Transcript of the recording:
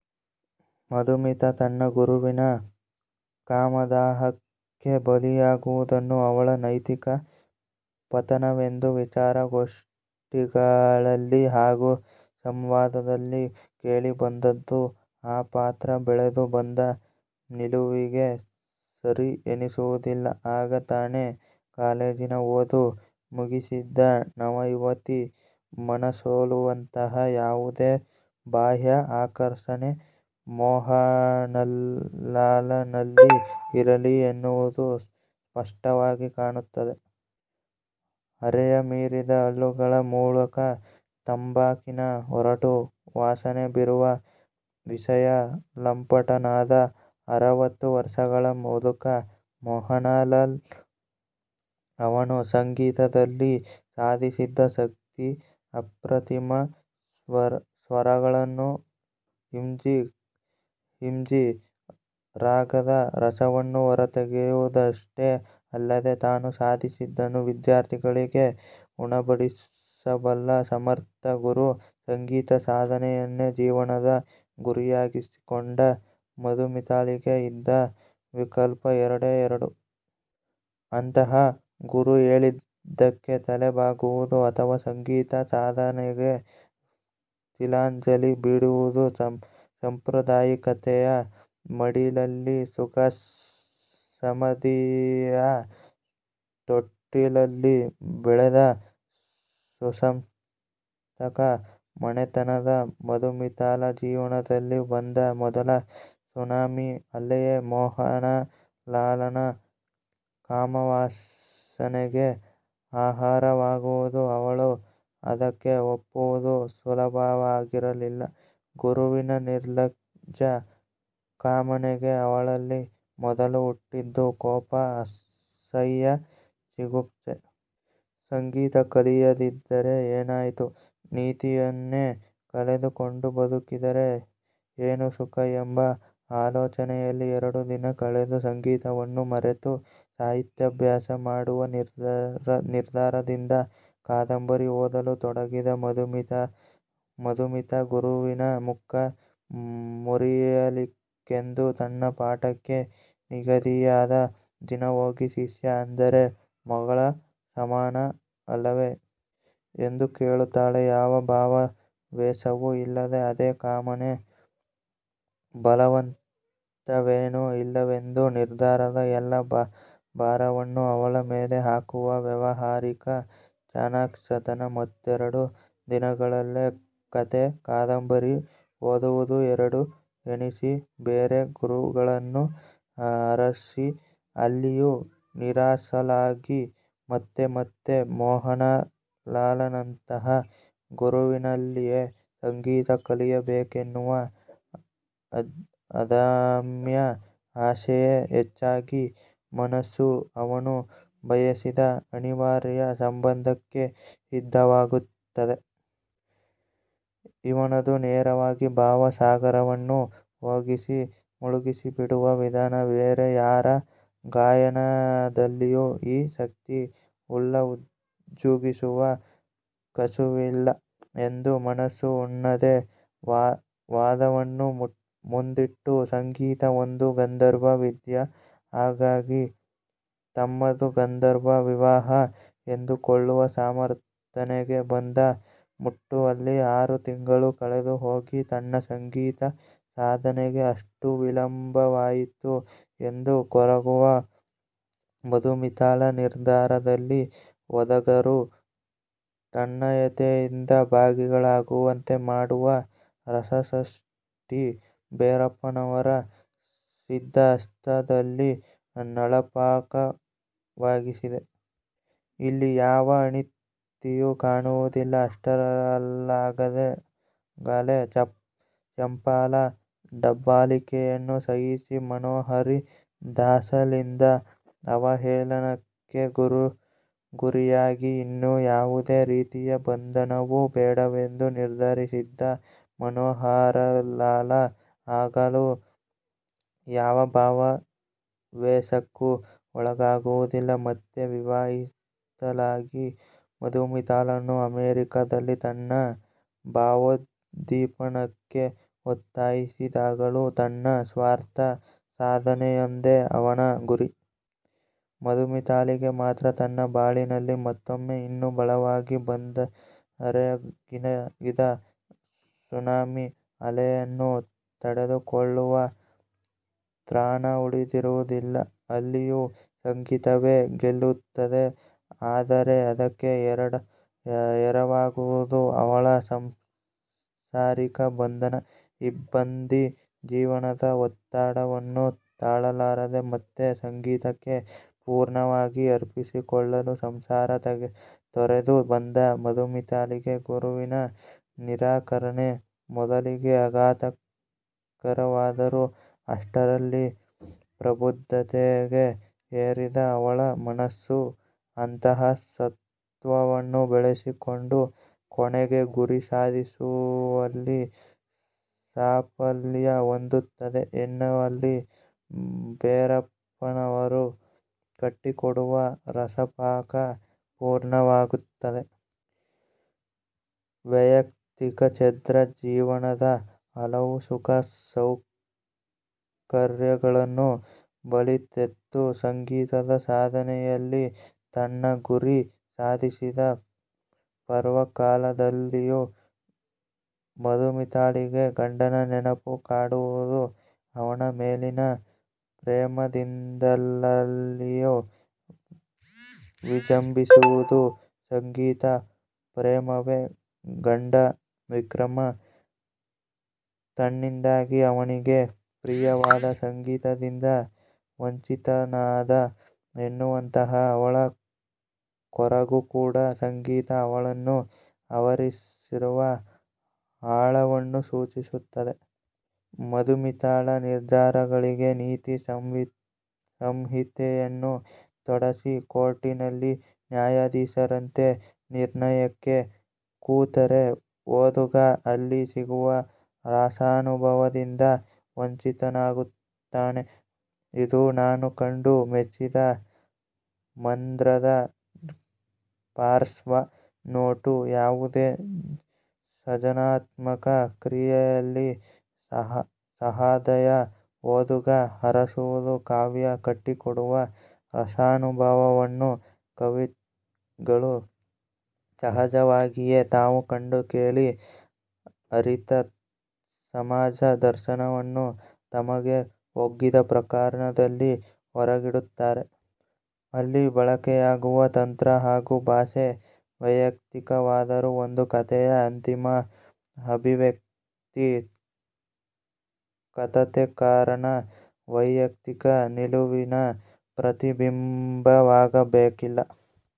ಮಧುಮಿತಾ ತನ್ನ ಗುರುವಿನ ಕಾಮದಾಹಕ್ಕೆ ಬಲಿಯಾಗುವುದನ್ನು ಅವಳ ನೈತಿಕ ಪತನವೆಂದು ವಿಚಾರಗೋಷ್ಠಿಗಳಲ್ಲಿ ಹಾಗೂ ಸಂವಾದದಲ್ಲಿ ಕೇಳಿಬಂದದ್ದು ಆ ಪಾತ್ರ ಬೆಳೆದು ಬಂದ ನಿಲುವಿಗೆ ಸರಿ ಎನಿಸುವುದಿಲ್ಲ. ಆಗ ತಾನೇ ಕಾಲೇಜಿನ ಓದು ಮುಗಿಸಿದ್ದ ನವ ಯುವತಿ ಮನಸೋಲುವಂತಹ ಯಾವುದೇ ಬಾಹ್ಯ ಆಕರ್ಷಣೆ ಮೋಹನಲಾಲನಲ್ಲಿ ಇರಲಿಲ್ಲ ಎನ್ನುವುದು ಸ್ಪಷ್ಟವಾಗಿ ಕಾಣುತ್ತದೆ. ಹರೆಯ ಮೀರಿದ, ಹಲ್ಲುಗಳ ಮೂಲಕ ತಂಬಾಕಿನ ಒರಟು ವಾಸನೆ ಬೀರುವ ವಿಷಯ ಲಂಪಟನಾದ ಅರವತ್ತು ವರ್ಷಗಳ ಮುದುಕ ಮೋಹನಲಾಲ್. ಅವನು ಸಂಗೀತದಲ್ಲಿ ಸಾಧಿಸಿದ್ದ ಶಕ್ತಿ ಅಪ್ರತಿಮ. ಸ್ವರಗಳನ್ನು ಹಿಂಜಿ ಹಿಂಜಿ ರಾಗದ ರಸವನ್ನು ಹೊರತೆಗೆಯುವುದಷ್ಟೇ ಅಲ್ಲದೆ, ತಾನು ಸಾಧಿಸಿದ್ದನ್ನು ವಿದ್ಯಾರ್ಥಿಗಳಿಗೆ ಉಣಬಡಿಸಬಲ್ಲ ಸಮರ್ಥ ಗುರು. ಸಂಗೀತ ಸಾಧನೆಯನ್ನೇ ಜೀವನದ ಗುರಿಯಾಗಿಸಿಕೊಂಡ ಮಧುಮಿತಾಳಿಗೆ ಇದ್ದ ವಿಕಲ್ಪ ಎರಡೇ ಎರಡು. ಅಂತಹ ಗುರು ಹೇಳಿದ್ದಕ್ಕೆ ತಲೆ ಬಾಗುವುದು ಅಥವಾ ಸಂಗೀತ ಸಾಧನೆಗೆ ತಿಲಾಂಜಲಿ ಬಿಡುವುದು. ಸಾಂಪ್ರದಾಯಿಕತೆಯ ಮಡಿಲಲ್ಲಿ, ಸುಖ-ಸಮದ್ಧಿಯ ತೊಟ್ಟಿಲಲ್ಲಿ ಬೆಳೆದ ಸುಸಂಸ್ಕತ ಮನೆತನದ ಮಧುಮಿತಾಳ ಜೀವನದಲ್ಲಿ ಬಂದ ಮೊದಲ ಸುನಾಮಿ ಅಲೆಯೇ ಮೋಹನಲಾಲನ ಕಾಮವಾಸನೆಗೆ ಆಹಾರವಾಗುವುದು. ಅವಳು ಅದಕ್ಕೆ ಒಪ್ಪುವುದು ಸುಲಭವಾಗಿರಲಿಲ್ಲ. ಗುರುವಿನ ನಿರ್ಲಜ್ಜ ಕಾಮನೆಗೆ ಅವಳಲ್ಲಿ ಮೊದಲು ಹುಟ್ಟಿದ್ದು ಕೋಪ-ಅಸಹ್ಯ-ಜಿಗುಪ್ಸೆ. ಸಂಗೀತ ಕಲಿಯದಿದ್ದರೆ ಏನಾಯಿತು? ನೀತಿಯನ್ನೇ ಕಳೆದುಕೊಂಡು ಬದುಕಿದರೆ ಏನು ಸುಖ? ಎಂಬ ಆಲೋಚನೆಯಲ್ಲಿ ಎರಡು ದಿನ ಕಳೆದು ಸಂಗೀತವನ್ನು ಮರೆತು, ಸಾಹಿತ್ಯಾಭ್ಯಾಸ ಮಾಡುವ ನಿರ್ಧಾರದಿಂದ ಕಾದಂಬರಿ ಓದಲು ತೊಡಗಿದ ಮಧುಮಿತಾ ಗುರುವಿನ ಮುಖ ಮುರಿಯಲಿಕ್ಕೆಂದೇ ತನ್ನ ಪಾಠಕ್ಕೆ ನಿಗದಿಯಾದ ದಿನ ಹೋಗಿ 'ಶಿಷ್ಯೆ ಅಂದರೆ ಮಗಳ ಸಮಾನ ಅಲ್ಲವೇ? ' ಎಂದು ಕೇಳುತ್ತಾಳೆ. ಯಾವ ಭಾವಾವೇಶವೂ ಇಲ್ಲದ ಅದೇ ಕಾಮನೆ.. ಬಲವಂತವೇನೂ ಇಲ್ಲವೆಂದು ನಿರ್ಧಾರದ ಎಲ್ಲಾ ಭಾರವನ್ನೂ ಅವಳ ಮೇಲೇ ಹಾಕುವ ವ್ಯಾವಹಾರಿಕ ಚಾಣಾಕ್ಷತನ. ಮತ್ತೆರಡು ದಿನಗಳಲ್ಲೇ, ಕಥೆ-ಕಾದಂಬರಿ ಓದುವುದು ಬರಡು ಎನಿಸಿ, ಬೇರೆ ಗುರುಗಳನ್ನು ಅರಸಿ ಅಲ್ಲಿಯೂ ನಿರಾಶಳಾಗಿ, ಮತ್ತೆ ಮತ್ತೆ, ಮೋಹನಲಾಲನಂತಹ ಗುರುವಿನಲ್ಲಿಯೇ ಸಂಗೀತ ಕಲಿಯಬೇಕೆನ್ನುವ ಅದಮ್ಯ ಆಸೆಯೇ ಹೆಚ್ಚಾಗಿ ಮನಸ್ಸು ಅವನು ಬಯಸಿದ ಅನಿವಾರ್ಯ ಸಂಬಂಧಕ್ಕೆ ಸಿದ್ಧವಾಗುತ್ತದೆ. ' ಇವನದು ನೇರವಾಗಿ ಭಾವ ಸಾಗರವನ್ನು ಹೊಗಿಸಿ ಮುಳುಗಿಸಿಬಿಡುವ ವಿಧಾನಬೇರೆ ಯಾರ ಗಾಯನದಲ್ಲಿಯೂ ಈ ಶಕ್ತಿ ಇಲ್ಲಉಜ್ಜುಗಿಸುವ ಕಸುವಿಲ್ಲ' ಎಂದು ಮನಸ್ಸು ತನ್ನದೇ ವಾದವನ್ನು ಮುಂದಿಟ್ಟು, ಸಂಗೀತ ಒಂದು ಗಂಧರ್ವ ವಿದ್ಯೆ, ಹಾಗಾಗಿ ತಮ್ಮದು ಗಾಂಧರ್ವ ವಿವಾಹ ಎಂದುಕೊಳ್ಳುವ ಸಮರ್ಥನೆಗೆ ಬಂದು ಮುಟ್ಟುವಲ್ಲಿ ಆರು ತಿಂಗಳು ಕಳೆದುಹೋಗಿ, ತನ್ನ ಸಂಗೀತ ಸಾಧನೆಗೆ ಅಷ್ಟು ವಿಳಂಬವಾಯಿತು ಎಂದು ಕೊರಗುವ ಮಧುಮಿತಾಳ ನಿರ್ಧಾರದಲ್ಲಿ ಓದುಗರೂ ತನ್ಮಯತೆಯಿಂದ ಭಾಗಿಗಳಾಗುವಂತೆ ಮಾಡುವ ರಸಸಷ್ಟಿ ಭೆರಪ್ಪನವರ ಸಿದ್ಧಹಸ್ತದಲ್ಲಿ ನಳಪಾಕವಾಗಿಸಿದೆ. ಇಲ್ಲಿ ಯಾವ ಅನೀತಿಯೂ ಕಾಣುವುದಿಲ್ಲ. ಅಷ್ಟರಲ್ಲಾಗಲೇ, ಚಂಪಾಳ ದಬ್ಬಾಳಿಕೆಯನ್ನು ಸಹಿಸಿ, ಮನೋಹರಿ ದಾಸಳಿಂದ ಅವಹೇಳನಕ್ಕೆ ಗುರಿಯಾಗಿ ಇನ್ನು ಯಾವುದೇ ರೀತಿಯ ಬಂಧನವೂ ಬೇಡವೆಂದು ನಿರ್ಧರಿಸಿದ್ದ ಮನೋಹರಲಾಲ, ಆಗಲೂ ಯಾವ ಭಾವಾವೇಶಕ್ಕೂ ಒಳಗಾಗುವುದಿಲ್ಲ. ಮತ್ತೆ, ವಿವಾಹಿತಳಾದ ಮಧುಮಿತಾಳನ್ನು ಅಮೆರಿಕದಲ್ಲಿ ತನ್ನ ಭಾವೋದ್ದೀಪನಕ್ಕೆ ಒತ್ತಾಯಿಸಿದಾಗಲೂ ತನ್ನ ಸ್ವಾರ್ಥ ಸಾಧನೆಯೊಂದೇ ಅವನ ಗುರಿ. ಮಧುಮಿತಾಳಿಗೆ ಮಾತ್ರ ತನ್ನ ಬಾಳಿನಲ್ಲಿ ಮತ್ತೊಮ್ಮೆ ಇನ್ನೂ ಬಲವಾಗಿ ಬಂದೆರಗಿದ ಸುನಾಮಿ ಅಲೆಯನ್ನು ತಡೆದುಕೊಳ್ಳುವ ತ್ರಾಣ ಉಳಿದಿರುವುದಿಲ್ಲ. ಅಲ್ಲಿಯೂ ಸಂಗೀತವೇ ಗೆಲ್ಲುತ್ತದೆ. ಆದರೆ ಅದಕ್ಕೆ ಎರವಾಗುವುದು ಅವಳ ಸಾಂಸಾರಿಕ ಬಂಧನ. ಇಬ್ಬಂದಿ ಜೀವನದ ಒತ್ತಡವನ್ನು ತಾಳಲಾಗದೆ, ಮತ್ತೆ ಸಂಗೀತಕ್ಕೇ ಪೂರ್ಣವಾಗಿ ಅರ್ಪಿಸಿಕೊಳ್ಳಲು ಸಂಸಾರ ತೊರೆದು ಬಂದ ಮಧುಮಿತಾಳಿಗೆ, ಗುರುವಿನ ನಿರಾಕರಣೆ ಮೊದಲಿಗೆ ಆಘಾತಕರವಾದರೂ, ಅಷ್ಟರಲ್ಲಿ ಪ್ರಬುದ್ಧತೆಗೆ ಏರಿದ್ದ ಅವಳ ಮನಸ್ಸು, ಅಂತಃಸತ್ತ್ವವನ್ನು ಬೆಳೆಸಿಕೊಂಡು ಕೊನೆಗೆ ಗುರಿಸಾಧಿಸುವಲ್ಲಿ ಸಾಫಲ್ಯ ಹೊಂದುತ್ತದೆ ಎನ್ನುವಲ್ಲಿ ಭೆರಪ್ಪನವರು ಕಟ್ಟಿಕೊಡುವ ರಸಪಾಕ ಪೂರ್ಣವಾಗುತ್ತದೆ. ವೆಯಕ್ತಿಕ ಭದ್ರ ಜೀವನದ ಹಲವು ಸುಖ-ಸೌಕರ್ಯಗಳನ್ನು ಬಲಿತೆತ್ತು, ಸಂಗೀತದ ಸಾಧನೆಯಲ್ಲಿ ತನ್ನ ಗುರಿ ಸಾಧಿಸಿದ ಪರ್ವಕಾಲದಲ್ಲಿಯೂ ಮಧುಮಿತಾಳಿಗೆ ಗಂಡನ ನೆನಪು ಕಾಡುವುದು ಅವನ ಮೇಲಿನ ಪ್ರೇಮದಿಂದಲ್ಲಅಲ್ಲಿಯೂ ವಿಜಂಭಿಸುವುದು ಸಂಗೀತ ಪ್ರೇಮವೇ.. ಗಂಡ ವಿಕ್ರಮ ತನ್ನಿಂದಾಗಿ, ಅವನಿಗೆ ಪ್ರಿಯವಾದ ಸಂಗೀತದಿಂದ ವಂಚಿತನಾದ ಎನ್ನುವಂತಹ ಅವಳ ಕೊರಗೂ ಕೂಡ ಸಂಗೀತ ಅವಳನ್ನು ಆವರಿಸಿರುವ ಆಳವನ್ನು ಸೂಚಿಸುತ್ತದೆ. ಮಧುಮಿತಾಳ ನಿರ್ಧಾರಗಳಿಗೆ ನೀತಿ ಸಂಹಿತೆಯನ್ನು ತೊಡಿಸಿ, ಕೋರ್ಟಿನಲ್ಲಿ ನ್ಯಾಯಾಧೀಶರಂತೆ ನಿರ್ಣಯಕ್ಕೆ ಕೂತರೆ, ಓದುಗ ಅಲ್ಲಿ ಸಿಗುವ ರಸಾನುಭವದಿಂದ ವಂಚಿತನಾಗುತ್ತಾನೆ. ಇದು, ನಾನು ಕಂಡು ಮೆಚ್ಚಿದ ಮಂದ್ರದ ಪಾರ್ಶ್ವ ನೋಟ. ಯಾವುದೇ ಸಜನಾತ್ಮಕ ಕ್ರಿಯೆಯಲ್ಲಿ ಸಹದಯ ಓದುಗ ಅರಸುವುದು ಕಾವ್ಯ ಕಟ್ಟಿಕೊಡುವ ರಸಾನುಭವವನ್ನು. ಕವಿಗಳು ಸಹಜವಾಗಿಯೇ, ತಾವು ಕಂಡು ಕೇಳಿ ಅರಿತ ಸಮಾಜ ದರ್ಶನವನ್ನು ತಮಗೆ ಒಗ್ಗಿದ ಪ್ರಕಾರದಲ್ಲಿ ಹೊರಗಿಡುತ್ತಾರೆ. ಅಲ್ಲಿ ಬಳಕೆಯಾಗುವ ತಂತ್ರ ಹಾಗೂ ಭಾಷೆ ವೆಯಕ್ತಿಕವಾದರೂ, ಒಂದು ಕಥೆಯ ಅಂತಿಮ ಅಭಿವ್ಯಕ್ತಿ ಕತಥೆಕಾರನ ವೈಯಕ್ತಿಕ ನಿಲುವಿನ ಪ್ರತಿಬಿಂಬವಾಗಬೇಕಿಲ್ಲ.